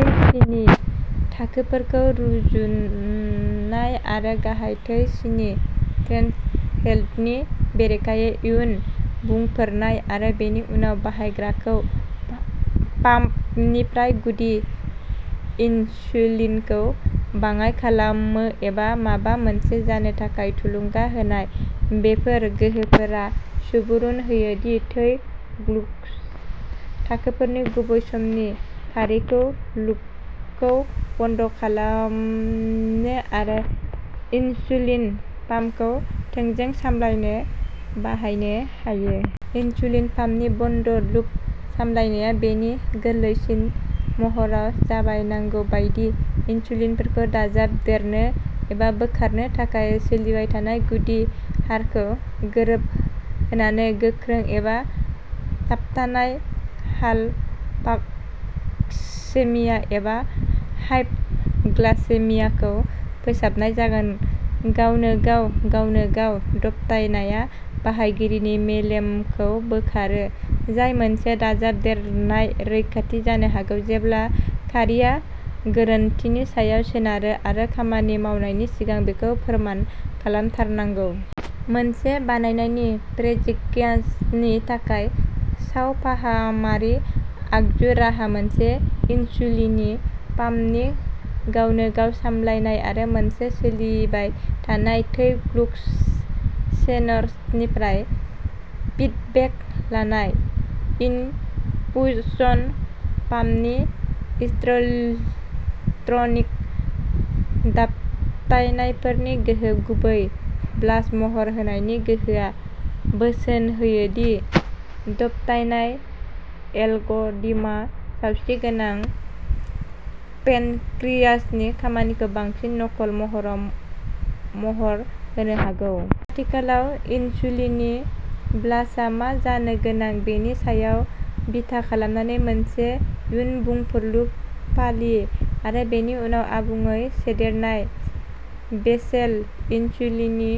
थै सिनि थाखोफोरखौ रुजुनाय आरो गाहाय थै सिनि थ्रेसहोल्डनि बेरेखायै इयुन बुंफोरनाय, आरो बेनि उनाव बाहायग्राखौ पाम्पनिफ्राय गुदि इनसुलिनखौ बाङाइ खालामनो एबा माबा मोनसे जानो थाखाय थुलुंगा होनाय। बेफोर गोहोफोरा सुबुरुन होयो दि थै थाखोफोरनि गुबै-समनि खारिखौ "लुपखौ बन्द" खालामनो आरो इनसुलिन पाम्पखौ थोंजों सामलायनो बाहायनो हायो। इनसुलिन पाम्पनि बन्द लुप सामलायनाया बेनि गोरलैसिन महराव जाबाय नांगौ बायदि इनसुलिनफोरखौ दाजाबदेरनो एबा बोखारनो थाखाय सोलिबाय थानाय गुदि हारखौ गोरोबहोनानै गोख्रों एबा थाबथानाय हालपापसेमिया एबा हाइप'ग्लाइसेमियाखौ फोसाबनाय जागोन, गावनो गाव। गावनो गाव दबथायनाया बाहायगिरिनि मेलेमखौ बोखारो, जाय मोनसे दाजाबदेरनाय रैखाथि जानो हागौ जेब्ला खारिआ गोरोन्थिनि सायाव सोनारो आरो खामानि मावनायनि सिगां बेखौ फोरमान खालामथारनांगौ। मोनसे बानायनाय पेनक्रियाजनि थाखाय सावफाहामारि आगजु राहाः मोनसे इनसुलिननि पाम्पनि गावनो-गाव सामलायनाय आरो मोनसे सोलिबाय थानाय थै ग्लुकस सेनसरनिफ्राय फिडबेक लानाय। इनफुजन पाम्पनि इलेक्ट्रनिक दबथायनायफोरनि गोहो, गुबैयै बलास महर होनायनि गोहोआ, बोसोन होयो दि दबथायनाय एलगरिदमा सावस्रिगोनां पेनक्रियाजनि खामानिखौ बांसिन नकल महराव महर होनो हागौ। आथिखालाव, इनसुलिननि ब्लासआ मा जानो गोनां बेनि सायाव बिथा खालामनानै मोनसे इयुन बुंफुरलु फालि, आरो बेनि उनाव आबुङै सोदेरनाय। बेसेल इनसुलिननि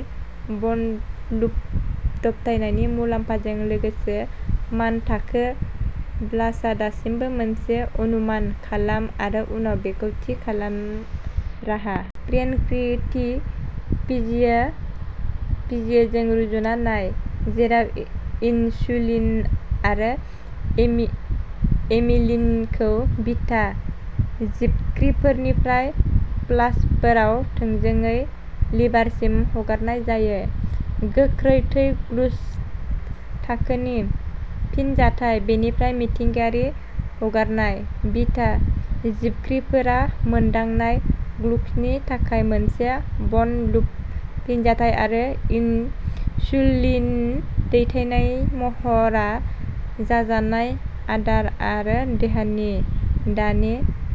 बन्द-लुप दबथायनायनि मुलाम्फाजों लोगोसे, मानथाखो ब्लासआ दासिमबो मोनसे "अनुमान खालाम आरो उनाव बेखौ थि खालाम" राहा। प्रेनक्रियेटि फिजिए फिजिएजों रुजुना नाय, जेराव इनसुलिन आरो एमिलिनखौ बिटा जिबख्रिफोरनिफ्राय पाल्सफोराव थोंजोङै लिभारसिम हगारनाय जायो, गोख्रै थै ग्लुक'ज थाखोनि फिनजाथायाव। बेनिफ्राय मिथिंगायारि हगारनाय। बिटा जिबख्रिफोरा मोनदांनाय ग्लुकजनि थाखाय मोनसे बन्द लुप फिनजाथाय, आरो इनसुलिन दैथायनायनि महरा जाजानाय आदार आरो देहानि दानि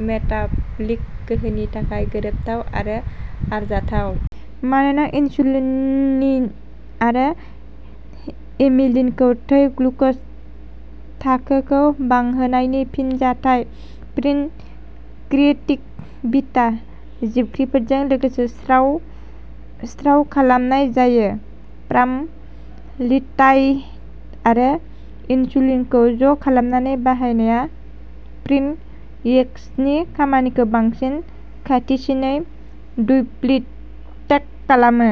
मेटाबलिक गोहोनि थाखाय गोरोबथाव आरो आरजाथाव। मानोना इनसुलिननि आरो एमिलिनखौ थै ग्लुकजनि थाखोखौ बांहोनायनि फिनजाथायाव पेनक्रिएटि बिटा जिबख्रिफोरजों लोगो-स्राव स्राव खालामनाय जायो, प्रामलिनटाइड आरो इनसुलिनखौ ज'खालामनानै बाहायनाया पेनक्रिइजनि खामानिखौ बांसिन खाथिसिनै डुप्लिकेट खालामो।